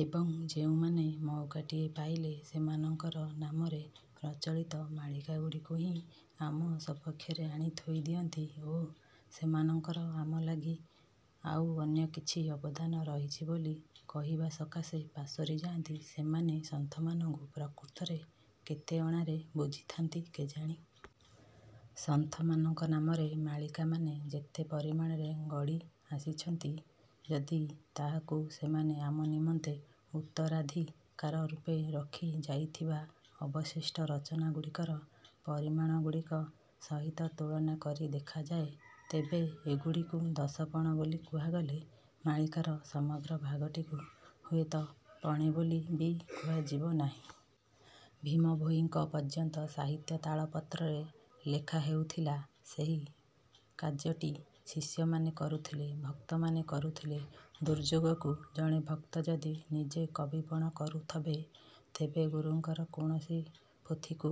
ଏବଂ ଯେଉଁମାନେ ମଉକାଟିଏ ପାଇଲେ ସେମାନଙ୍କର ନାମରେ ପ୍ରଚଳିତ ମାଳିକାଗୁଡାକୁ ହିଁ ଆମ ସପକ୍ଷରେ ଆଣି ଥୋଇ ଦିଅନ୍ତି ଓ ସେମାନଙ୍କର ଆମ ଲାଗି ଆଉ ଅନ୍ୟ କିଛି ଅବଦାନ ରହିଛି ବୋଲି କହିବା ସକାଶେ ପାସୋରି ଯାଆନ୍ତି, ସେମାନେ ସନ୍ଥମାନଙ୍କୁ ପ୍ରକୃତରେ କେତେ ଅଣାରେ ବୁଝିଥାନ୍ତି କେଜାଣି? ସନ୍ଥମାନଙ୍କ ନାମରେ ମାଳିକାମାନେ ଯେତେ ପରିମାଣରେ ଗଡ଼ି ଆସିଛନ୍ତି, ଯଦି ତାହାକୁ ସେମାନେ ଆମ ନିମନ୍ତେ ଉତ୍ତରାଧିକାର ରୂପେ ରଖି ଯାଇଥିବା ଅବଶିଷ୍ଟ ରଚନାଗୁଡ଼ିକର ପରିମାଣଗୁଡ଼ିକ ସହିତ ତୁଳନା କରି ଦେଖାଯାଏ, ତେବେ ଏଗୁଡ଼ିକୁ ଦଶପଣ ବୋଲି କୁହାଗଲେ ମାଳିକାର ସମଗ୍ର ଭାଗଟିକୁ ହୁଏତ ପଣେ ବୋଲି ବି କୁହାଯିବ ନାହିଁ। ଭୀମଭୋଇଙ୍କ ପର୍ଯ୍ୟନ୍ତ ସାହିତ୍ୟ ତାଳପତ୍ରରେ ଲେଖା ହେଉଥିଲା। ସେହି କାର୍ଯ୍ୟଟି ଶିଷ୍ୟମାନେ କରୁଥିଲେ। ଭକ୍ତମାନେ କରୁଥିଲେ। ଦୁର୍ଯୋଗକୁ ଜଣେ ଭକ୍ତ ଯଦି ନିଜେ କବିପଣ କରୁଥବେ, ତେବେ ଗୁରୁଙ୍କର କୌଣସି ପୋଥିକୁ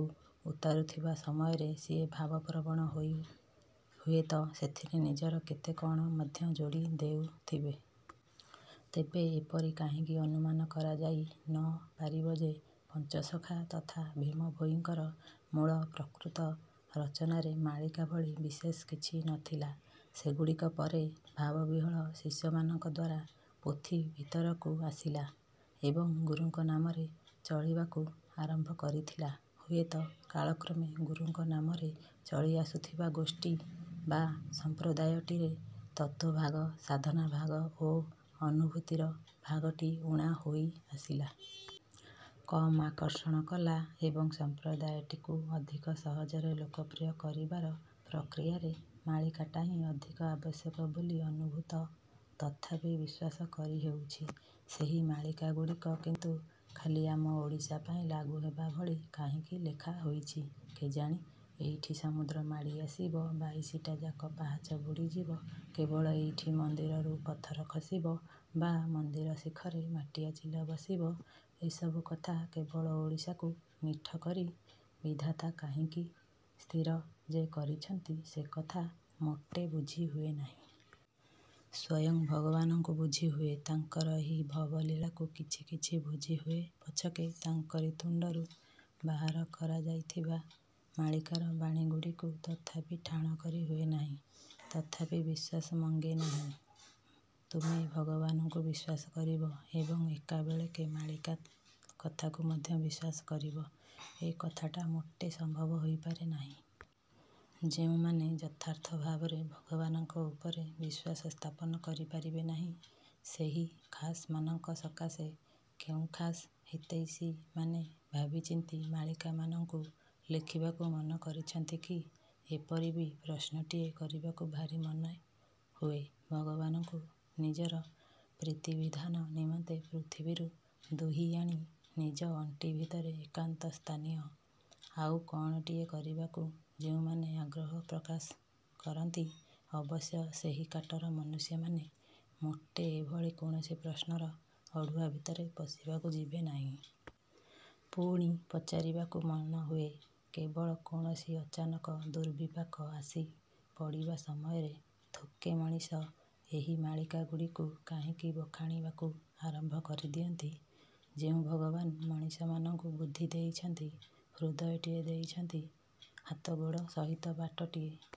ଉତାରୁଥିବା ସମୟରେ ସିଏ ଭାବପ୍ରବଣ ହୋଇ ହୁଏତ ସେଥିରେ ନିଜର କେତେ କ'ଣ ମଧ୍ୟ ଯୋଡ଼ି ଦେଉଥିବେ। ତେବେ ଏପରି କାହିଁକି ଅନୁମାନ କରାଯାଇ ନପାରିବ ଯେ, ପଞ୍ଚସଖା ତଥା ଭୀମଭୋଇଙ୍କର ମୂଳ ପ୍ରକୃତ ରଚନାରେ ମାଳିକା ଭଳି ବିଶେଷ କିଛି ନଥିଲା। ସେଗୁଡ଼ିକ ପରେ ଭାବବିହ୍ଵଳ ଶିଷ୍ୟମାନଙ୍କ ଦ୍ୱାରା ପୋଥି ଭିତରକୁ ଆସିଲା ଏବଂ ଗୁରୁଙ୍କ ନାମରେ ଚଳିବାକୁ ଆରମ୍ଭ କରିଥିଲା। ହୁଏତ କାଳକ୍ରମେ ଗୁରୁଙ୍କ ନାମରେ ଚଳି ଆସୁଥିବା ଗୋଷ୍ଠୀ ବା ସମ୍ପ୍ରଦାୟଟିରେ ତତ୍ତ୍ୱଭାଗ, ସାଧନାଭାଗ ଓ ଅନୁଭୂତିର ଭାଗଟି ଊଣା ହୋଇଆସିଲା। କମ୍ ଆକର୍ଷଣ କଲା ଏବଂ ସଂପ୍ରଦାୟଟିକୁ ଅଧିକ ସହଜରେ ଲୋକପ୍ରିୟ କରିବାର ପ୍ରକ୍ରିୟାରେ ମାଳିକାଟା ହିଁ ଅଧିକ ଆବଶ୍ୟକ ବୋଲି ଅନୁଭୂତ ତଥାପି ବିଶ୍ୱାସ କରିହେଉଛି। ସେହି। ମାଳିକାଗୁଡ଼ାକ କିନ୍ତୁ ଖାଲି ଆମ ଓଡ଼ିଶା ପାଇଁ ଲାଗୁ ହେବା ଭଳି କାହିଁକି ଲେଖାହୋଇଛି କେଜାଣି? ଏଇଠି ସମୁଦ୍ର ମାଡ଼ି ଆସିବ, ବାଇଶିଟାଯାକ ପାହଚ ବୁଡ଼ିଯିବ, କେବଳ ଏଇଠି ମନ୍ଦିରରୁ ପଥର ଖସିବ ବା ମନ୍ଦିରଶିଖରେ ମାଟିଆଚିଲ ବସିବ, ଏସବୁ କଥା କେବଳ ଓଡ଼ିଶାକୁ ନିଠ କରି ବିଧାତା କାହିଁକି ସ୍ଥିର ଯେ କରିଛନ୍ତି, ସେକଥା ମୋଟେ ବୁଝିହୁଏ ନାହିଁ। ସ୍ୱୟଂ ଭଗବାନଙ୍କୁ ବୁଝିହୁଏ, ତାଙ୍କର ଏହି ଭବଲୀଳାକୁ କିଛି କିଛି ବୁଝି ହୁଏ ପଛକେ, ତାଙ୍କରି ତୁଣ୍ଡରୁ ବାହାର କରାଯାଇଥିବା ମାଳିକାର ବାଣୀଗୁଡ଼ାକୁ ତଥାପି ଠାଣ କରି ହୁଏନାହିଁ। ତଥାପି ବିଶ୍ୱାସ ମଙ୍ଗେ ନାହିଁ। ତୁମେ ଭଗବାନଙ୍କୁ ବିଶ୍ୱାସ କରିବ ଏବଂ ଏକାବେଳେକେ ମାଳିକା କଥାକୁ ମଧ୍ୟ ବିଶ୍ଵାସ କରିବ, ଏକଥାଟା ମୋଟେ ସମ୍ଭବ ହୋଇପାରେ ନାହିଁ। ଯେଉଁମାନେ ଯଥାର୍ଥ ଭାବରେ ଭଗବାନଙ୍କ ଉପରେ ବିଶ୍ୱାସ ସ୍ଥାପନ କରିପାରିବେ ନାହିଁ, ସେହି ଖାସ୍ ମାନଙ୍କ ସକାଶେ କେଉଁ ଖାସ୍ ହିତୈଷୀମାନେ ଭାବିଚିନ୍ତି ମାଳିକାମାନଙ୍କୁ ଲେଖିବାକୁ ମନ କରିଛନ୍ତି କି?, ଏପରି ବି ପ୍ରଶ୍ନଟିଏ କରିବାକୁ ଭାରି ମନେ ହୁଏ। ଭଗବାନଙ୍କୁ ନିଜର ପ୍ରୀତିବିଧାନ ନିମନ୍ତେ ପୃଥିବୀରୁ ଦୁହିଁ ଆଣି ନିଜ ଅଣ୍ଟି ଭିତରେ ଏକାନ୍ତ ସ୍ଥାନୀୟ ଆଉ କ'ଣଟିଏ କରିବାକୁ ଯେଉଁମାନେ ଆଗ୍ରହ ପ୍ରକାଶ କରନ୍ତି, ଅବଶ୍ୟ ସେହି କାଟର ମନୁଷ୍ୟମାନେ ମୋଟେ ଏଭଳି କୌଣସି ପ୍ରଶ୍ନର ଅଡୁଆ ଭିତରେ ପଶିବାକୁ ଯିବେ ନାହିଁ। ପୁଣି ପଚାରିବାକୁ ମନ ହୁଏ, କେବଳ କୌଣସି ଅଚାନକ ଦୁର୍ବିପାକ ଆସି ପଡ଼ିବା ସମୟରେ ଥୋକେ ମଣିଷ ଏହି ମାଳିକାଗୁଡାକୁ କାହିଁକି ବଖାଣିବାକୁ ଆରମ୍ଭ କରିଦିଅନ୍ତି? ଯେଉଁ ଭଗବାନ ମଣିଷମାନଙ୍କୁ ବୁଦ୍ଧି ଦେଇଛନ୍ତି, ହୃଦୟଟିଏ ଦେଇଛନ୍ତି, ହାତଗୋଡ଼ ସହିତ ବାଟଟିଏ